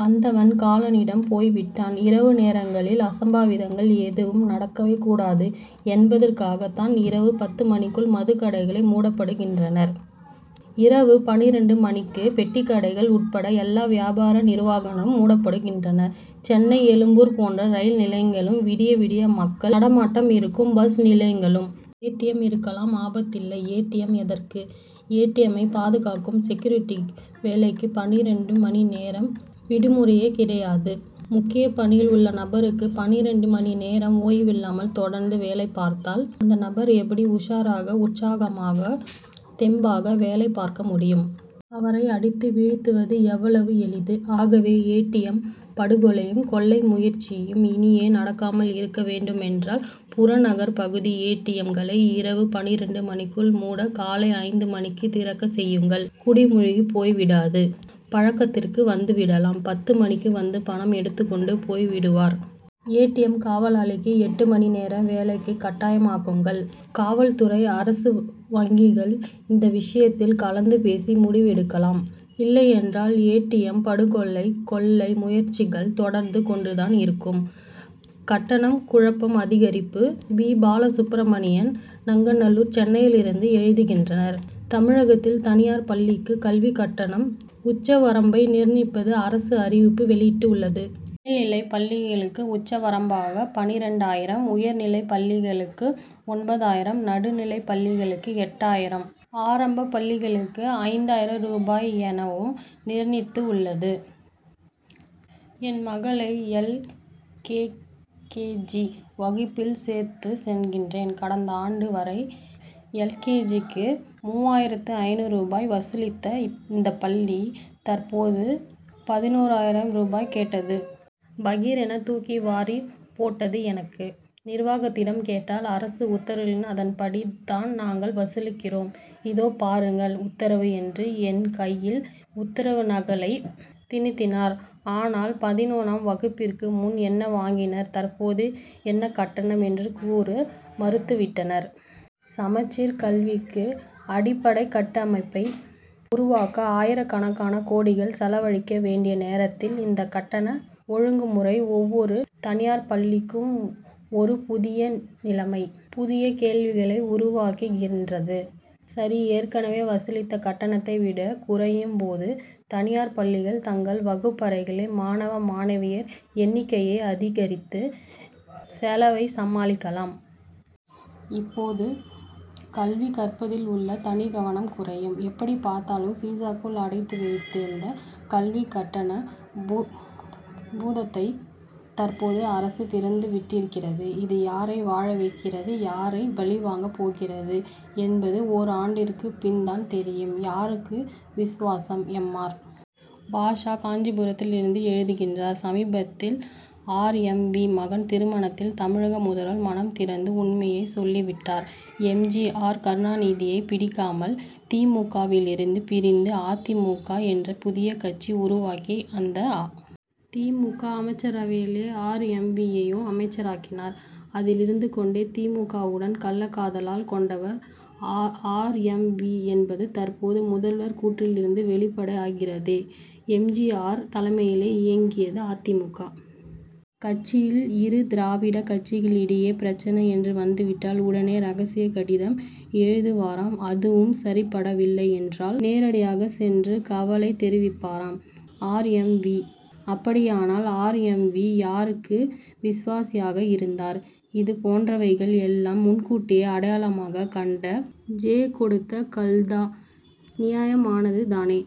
வந்தவன், காலனிடம் போய்விட்டான். இரவு நேரங்களில் அசம்பாவிதங்கள் எதுவும் நடந்துவிடக்கூடாதே என்பதற்காகத் தான், இரவு பத்து மணிக்கு மதுக்கடைகள் மூடப்படுகின்றன. இரவு பதினொன்று மணிக்கு பெட்டிக்கடைகள் உட்பட, எல்லா வியாபார நிறுவனங்களும் மூடப்படுகின்றன. சென்ட்ரல்-எழும்பூர் போன்ற ரயில் நிலையங்களிலும், விடியவிடிய மக்கள் நடமாட்டமிருக்கும், பஸ் நிலையங்களிலும் டி. எம்., இருக்கலாம்; ஆபத்தில்லை! டி. எம்., எதற்கு? டி. எம்.,மை பாதுகாக்கும் செக்யூரிட்டிக்கு, வேலை பன்னிரண்டு மணி நேரம்; விடுமுறையே கிடையாது. முக்கிய பணியில் உள்ள நபர், பன்னிரண்டு மணிநேரம் ஓய்வில்லாமல் தொடர்ந்து வேலைப் பார்த்தால், அந்த நபர் எப்படி உஷாராகவோ, உற்சாகமாகவோ, தெம்பாகவோ வேலை பார்க்க முடியும்? அவரை அடித்து வீழ்த்துவது எவ்வளவு எளிது! ஆகவே, ஏ. டி. எம்., படுகொலையும், கொள்ளை முயற்சியும் இனியேனும் நடக்காமலிருக்க வேண்டுமென்றால், புறநகர் பகுதி ஏ. டி. எம்.,களை, இரவு பதினொன்று மணிக்கு மூடி, காலை ஐந்து மணிக்குத் திறக்கச் செய்யுங்கள்; குடி முழுகிப் போய்விடாது! பழக்கத்திற்கு வந்து விட்டால், பத்து மணிக்கு வந்து, பணம் எடுத்துக்கொண்டு போய் விடுவர். ஏ. டி. எம்., காவலாளிகளுக்கு, எட்டு மணி நேர வேலையைக் கட்டாயமாக்குங்கள். காவல்துறை, அரசு வங்கிகள் இந்த விஷயத்தில் கலந்து பேசி முடிவெடுக்கலாம். இல்லையென்றால், ஏ. டி. எம்., படுகொலைகளும், கொள்ளை முயற்சிகளும் தொடர்ந்து கொண்டுதானிருக்கும். கட்டணம் குழப்பம் அதிகரிப்பு வி. பாலசுப்ரமணியம், நங்கநல்லூர், சென்னையிலிருந்து எழுதுகிறார்: தமிழகத்தில் தனியார் பள்ளிகளுக்கு கல்விக் கட்டண உச்சவரம்பை நிர்ணயித்து அரசு அறிவிப்பு வெளியிட்டுள்ளது. மேல்நிலைப் பள்ளிகளுக்கு உச்சவரம்பாக பதினோராயிரம், உயர்நிலைப் பள்ளிகளுக்கு ஒன்பதாயிரம், நடுநிலைப் பள்ளிகளுக்கு எட்டாயிரம், ஆரம்பப் பள்ளிகளுக்கு ஐந்தாயிரம் ரூபாய் எனவும் நிர்ணயித்துள்ளது. என் மகளை, எல். கே. கே. ஜி., வகுப்பில் சேர்க்கச் சென்றேன். கடந்த ஆண்டு வரை, எல். கே. ஜி.,க்கு மூவாயிரத்து ஐந்நூறு ரூபாய் வசூலித்த இந்தப் பள்ளி, தற்போது, பதினோராயிரம் ரூபாய் கேட்டது. பகீர்' என, தூக்கி வாரிப் போட்டது எனக்கு! நிர்வாகத்திடம் கேட்டால், அரசு உத்தரவுங்கஅதன்படி தான் நாங்கள் வசூலிக்கிறோம். இதோ பாருங்க, உத்தரவு' என்று என் கையில், உத்தரவு நகலைத் திணித்தனர். ஆனால், பதினோராம் வகுப்பிற்கு முன்பு என்ன வாங்கினர், தற்போது என்ன கட்டணம் என்று கூற மறுத்து விட்டனர். சமச்சீர் கல்விக்கு அடிப்படைக் கட்டமைப்பை உருவாக்க ஆயிரக்கணக்கான கோடிகள் செலவழிக்க வேண்டிய நேரத்தில், இந்த கட்டண ஒழுங்குமுறை ஒவ்வொரு தனியார் பள்ளிக்கும் ஒரு புதிய நிலையை, புதிய கேள்விகளை உருவாக்கியிருக்கிறது. சரிஏற்கனவே வசூலித்த கட்டணத்தை விட குறையும் போது, தனியார் பள்ளிகள் தங்கள் வகுப்பறைகளில் மாணவ, மாணவியர் எண்ணிக்கையை அதிகரித்து செலவைச் சமாளிக்கலாம். அப்போது, கல்வி கற்பித்தலில் உள்ள தனிக்கவனம் குறையும். எப்படிப்பார்த்தாலும், சீசாவுக்குள் அடைத்து வைத்திருந்த கல்விக் கட்டண பூதத்தை தற்போது அரசு திறந்து விட்டிருக்கிறது. இது யாரை வாழ வைக்கிறது, யாரை பலிவாங்கப் போகிறது என்பது ஓராண்டுக்குப் பின் தான் தெரியும். யாருக்கு விசுவாசம்? எம். ஆர். பாஷா, காஞ்சிபுரத்திலிருந்து எழுதுகிறார்: சமீபத்தில் ஆர். எம். வீ., மகன் திருமணத்தில், தமிழக முதல்வர் மனம் திறந்து உண்மையை சொல்லிவிட்டார். எம். ஜி. ஆர்., கருணாநிதியை பிடிக்காமல், தி. மு. க.,விலிருந்து பிரிந்து, அ. தி. மு. க., என்று புதிய கட்சி உருவாக்கி, அந்த அ. தி. மு. க., அமைச்சரவையில், ஆர். எம். வீ.,யையும் அமைச்சராக்கினார். அதில் இருந்து கொண்டே, தி. மு. க.,வுடன், கள்ளக்காதல்' கொண்டவர் ஆர். எம். வீ., என்பது, தற்போது முதல்வர் கூற்றிலிருந்து வெளிப்படுகிறதே! எம். ஜி. ஆர்., தலைமையில் இயங்கிய அ. தி. மு. க., கட்சியில், இரு திராவிட கட்சிகளிடையே பிரச்னை என்று வந்துவிட்டால், உடனே ரகசிய கடிதம் எழுதுவாராம்அதுவும் சரிப்படவில்லை என்றால், நேரிடையாக சென்று கவலை தெரிவிப்பாராம் ஆர். எம். வீ., அப்படியானால், ஆர். எம். வீ., யாருக்கு விசுவாசியாக இருந்தார்? இது போன்றவர்களை எல்லாம் முன்கூட்டியே அடையாளம் கண்டு, ஜெ., கொடுத்த, கல்தா' நியாயமானது தானே!